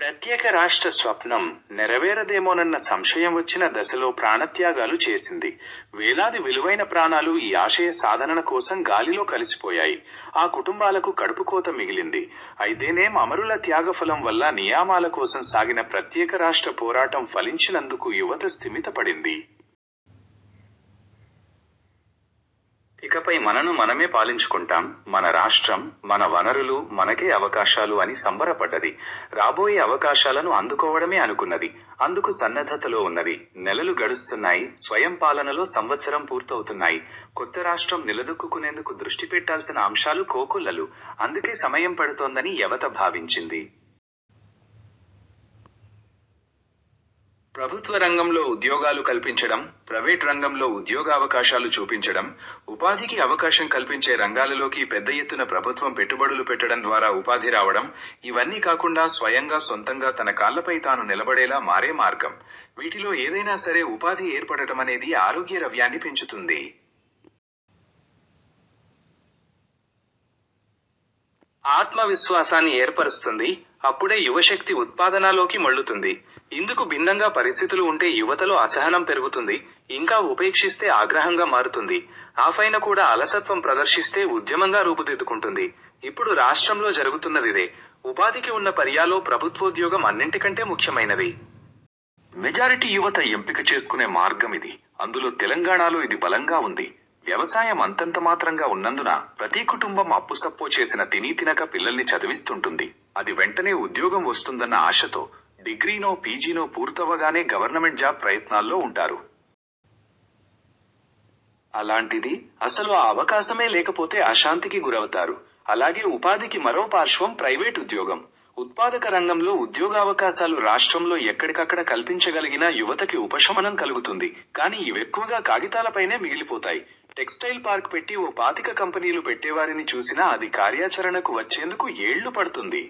ప్రత్యేక రాష్ట్ర స్వప్నం నెరవేరదేమోనన్న సంశయం వచ్చిన దశలో ప్రాణత్యాగాలు చేసింది. వేలాది విలువైన ప్రాణాలు ఈ ఆశయ సాధన కోసం గాలిలో కలిసిపోయాయి. ఆ కుటుంబాలకు కడుపుకోత మిగిలింది. అయితేనేం అమరుల త్యాగఫలం వల్ల నియామకాల కోసం సాగిన ప్రత్యేకరాష్ట్ర పోరాటం ఫలించినందుకు యువత స్థిమితపడింది. ఇకపై మనను మనమే పాలించుకుంటాం. మన రాష్ట్రం, -మన వనరులు, మనకే అవకాశాలు అని సంబరపడ్డది. రాబోయే అవకాశాలను అందుకోవడమే అనుకున్నది. అందుకు సన్నద్ధతలో ఉన్నది. నెలలు గడుస్తున్నాయి. స్వయంపాలనలో సంవత్సరాలు పూర్తవుతున్నాయి. కొత్తరాష్ట్రం నిలదొక్కుకునేందుకు దృష్టి పెట్టాల్సిన అంశాలు కోకొల్లలు. అందుకే సమయం పడుతోందని యువత భావించింది. ప్రభుత్వ రంగంలో ఉద్యోగాలు కల్పించడం, ప్రైవేట్ రంగంలో ఉద్యోగావకాశాలు చూపించడం, ఉపాధికి అవకాశం కల్పించే రంగాలలోకి పెద్ద ఎత్తున ప్రభుత్వం పెట్టుబడులు పెట్టడం ద్వారా ఉపాధి రావడం, ఇవన్నీ కాకుండా స్వయంగా సొంతంగా తన కాళ్లపై తాను నిలబడేలా చూడటం మరో మార్గం. వీటిలో ఏదైనా సరే ఉపాధి ఏర్పడటం అనేది ఆత్మగౌరవాన్ని పెంచుతుంది. ఆత్మవి శ్వాసాన్ని ఏర్పరుస్తుంది. అప్పుడే యువశక్తి ఉత్పాదనలోకి మళ్లుతుంది. ఇందుకు భిన్నంగా పరిస్థితులు ఉంటే యువతలో అసహనం పెరుగుతుంది. ఇంకా ఉపేక్షిస్తే ఆగ్ర హంగా మారుతుంది. ఆపైన కూడా అలసత్వం ప్రదర్శిస్తే ఉద్యమంగా రూపుదిద్దుకుంటుంది. ఇప్పుడు రాష్ట్రంలో జరుగుతున్నదిదే. ఉపాధికి ఉన్న పార్శ్యాల్లో ప్రభుత్వో ద్యోగం అన్నింటికంటే ముఖ్యమైనది. మెజారిటీ యువత ఎంపిక చేసుకునే మార్గం ఇదే. అందులో తెలంగాణలో ఇది బలంగా ఉంది. వ్యవసాయం అంతంత మాత్రంగా ఉన్నందున ప్రతి కుటుంబం అప్పో సప్పో చేసిన తినీతినక పిల్లల్ని చదివిస్తుంటుంది. అదీ వెంటనే ఉద్యోగం వస్తుందన్న ఆశతో. డిగ్రీనో, పీజీనో పూర్తవ్వగానే గవర్నమెంట్ జాబ్ ప్రయత్నాల్లో ఉంటారు. అలాంటిది అసలు ఆ అవకాశమే లేకపోతే అశాంతికి గురవుతారు. అలాగే ఉపాధికి మరో పార్శ్యం ప్రైవేట్ ఉద్యోగం. ఉత్పాదక రంగంలో ఉద్యోగావకాశాలు రాష్ట్రంలో ఎక్కడికక్కడ కల్పించగలిగినా యువతకు ఉపశమనం కలుగుతుంది. కానీ ఇవి ఎక్కువగా కాగితాలపైనే మిగిలిపోతాయి. టెక్స్టైల్ పార్క్ పెట్టి ఓ పాతిక కంపెనీలు పెట్టేవారిని చూసినా అది కార్యాచరణకు వచ్చేందుకు ఏళ్లు పడుతుంది.